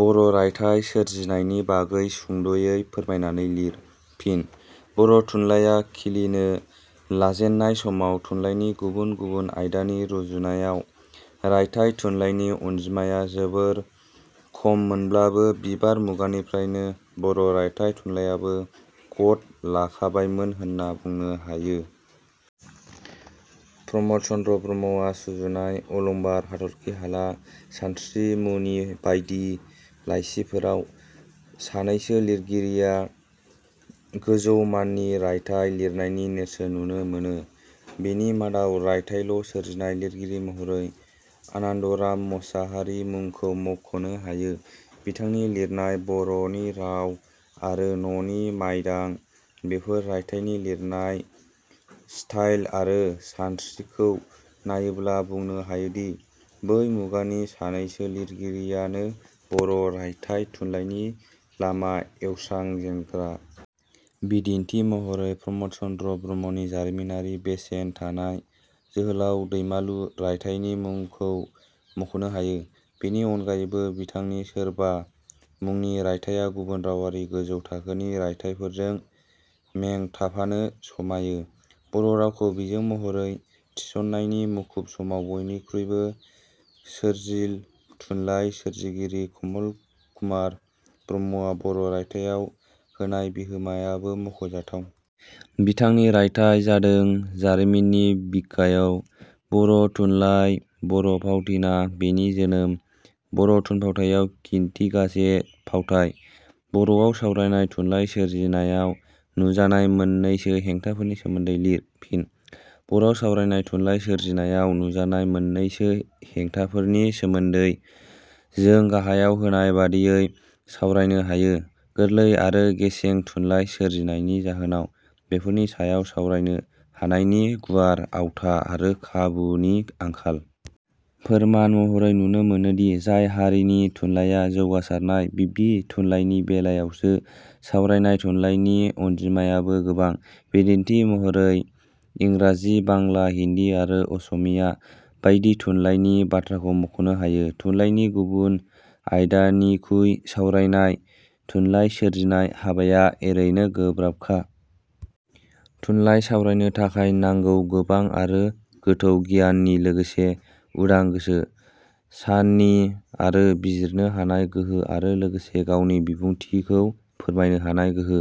बर' रायथाइ सोरजिनायनि बागै सुंद 'यै फोरमायनानै लिर। फिनः बर' थुनलाइया खिलिनो लाजेननाय समाव थुनलाइनि गुबुन गुबुन आयदानि रुजुनायाव रायथाइ थुनलाइनि अनजिमाया जोबोर खममोनब्लाबो बिबार मुगानिफ्रायनो बर' रायथाइ थुनलाइयाबो गद लाखाबायमोन होनना बुंनो हायो। प्रम 'द चन्द्र ब्रह्मआ सुजुनाय अलंबार, हाथर्खिहाला, सानस्रि मुनि बायदि लाइसिफोराव सानैसो लिरगिरिया गोजौ माननि रायथाइ लिरनायनि नेरसोन नुनो मोनो। बेनि मादाव रायथाइयाल' सोरजिनाय लिरगिरि महरै आनन्द राम मसाहारिनि मुंखौ मख'नो हायो। बिथांनि लिरनाय 'बर'नि राव' आरो 'ननि माइदां'- बेफोर रायथाइनि लिरनाय ष्टाइल आरो सानस्रिखौ नायोब्ला बुंनो हायोदि बै मुगानि सानैसो लिरगिरियानो बर' रायथाइ थुनलाइनि लामा एवस्रांजेनग्रा। बिदिन्थि महरै प्रम'द चन्द्र ब्रह्मनि जारिमिनारि बेसेन थानाय 'जोहोलाव दैमालु' रायथाइनि मुंखौ मख'नो हायो। बेनि अनगायैबो बिथांनि 'सोरबा' मुंनि रायथाइया गुबुन रावारि गोजौ थाखोनि रायथाइफोरजों में थाफानो समायो। बर' रावखौ बिजों महरै थिसननायनि मुखुब समाव बइनिखुइबो सोरजिल थुनलाइ सोरजिगिरि कमल कुमार ब्रह्मआ बर' रायथाइयाव होनाय बिहोमायाबो मख 'जाथाव। बिथांनि रायथाइ जादों- 'जारिमिननि बिखायव बर' थुनलाइ', 'बर' फावथिना: बेनि जोनोम', 'बर' थुनफावथाइयाव खिनथिगासे फावथाइ'। बर'वाव सावरायनाय थुनलाइ सोरजिनायाव नुजानाय मोननैसो हेंथाफोरनि सोमोन्दै लिर। फिनः बर'वाव सावरायनाय थुनलाइ सोरजिनायाव नुजानाय मोननैसो हें थाफोरनि सोमोन्दै जों गाहायाव होनाय बादियै सावरायनो हायो- गोरलै आरो गेसें थुनलाइ सोरजिनायनि जाहोनाव बेफोरनि सायाव सावरायनो हानायनि गुवार आवथा आरो खाबुनि आंखाल। फोरमान महरै नुनो मोनोदि जाय हारिनि थुनलाइया जौगासारनाय बिदि थुनलाइनि बेलायावसो सावरायनाय थुनलाइनि अनजिमायाबो गोबां। बिदिन्थि महरै इंराजि, बांला, हिन्दी आरो असमिया बायदि थुनलाइनि बाथ्राखौ मख 'नो हायो। थुनलाइनि गुबुन आयदानिखुइ सावरायनाय थुनलाइ सोरजिनाय हाबाया एरैनो गोब्राबखा। थुनलाइ सावरायनो थाखाय नांगौ गोबां आरो गोथौ गियाननि लोगोसे उदां गोसो, साननि आरो बिजिरनो हानाय गोहो आरो लोगोसे गावनि बिबुंथिखौ फोरमायनो हानाय गोहो,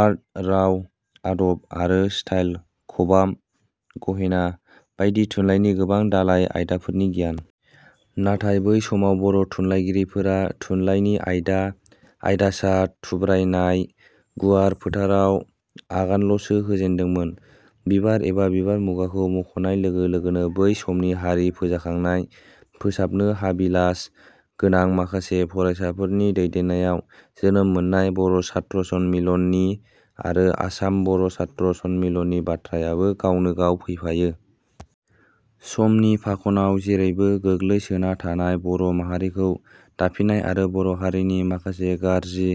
आर्ट, राव- आदब आरो ष्टाइल, खबाम, गहेना बायदि थुनलाइनि गोबां दालाइ आयदाफोरनि गियान। नाथाय बै समाव बर' थुनलाइगिरिफोरा थुनलाइनि आयदा आयदासा थुब्रायनाय गुवार फोथाराव आगानल 'सो होजेनदोंमोन। 'बिबार' एबा 'बिबार' मुगाखौ मख'नाय लोगो लोगोनो बै समनि हारि फोजाखांनो, फोसाबनो हाबिलास गोनां माखासे, फरायसाफोरनि दैदेननायाव जोनोम मोननाय 'बर' सात्र सन्मीलनी' आरो 'आसाम बर' सात्र सन्मीलनी'नि बाथ्रायाबो गावनो गाव फैफायो। समनि फाखनाव जेरैबो गोग्लैसोना थानाय बर' माहारिखौ दाफिननाय आरो बर' हारिनि माखासे गाज्रि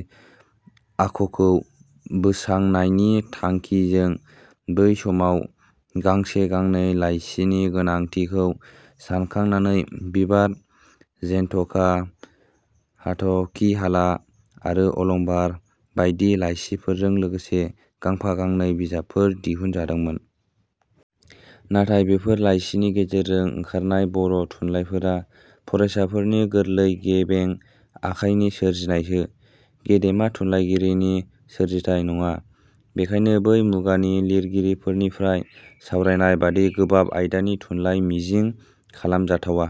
आखखौ बोसांनायनि थांखिजों बै समाव गांसे गांनै लाइसिनि गोनांथिखौ सानखांनानै 'बिबार', 'जेनथखा', 'हाथखिहाला' आरो 'अलंबार' बायदि लाइसिफोरजों लोगोसे गांफा गांनै बिजाबफोर दिहुनजादोंमोन। नाथाय बेफोर लाइसिनि गेजेरजों ओंखारनाय बर' थुनलाइफोरा फरायसाफोरनि गोरलै गेबें आखाइनि सोरजिनायसो, गेदेमा थुनलाइगिरिनि सोरजिथाइ नङा। बेखायनो बै मुगानि लिरगिरिफोरनिफ्राय सावरायनाय: बादि गोबाब आयदानि थुनलाइ मिजिं खालामजाथावा।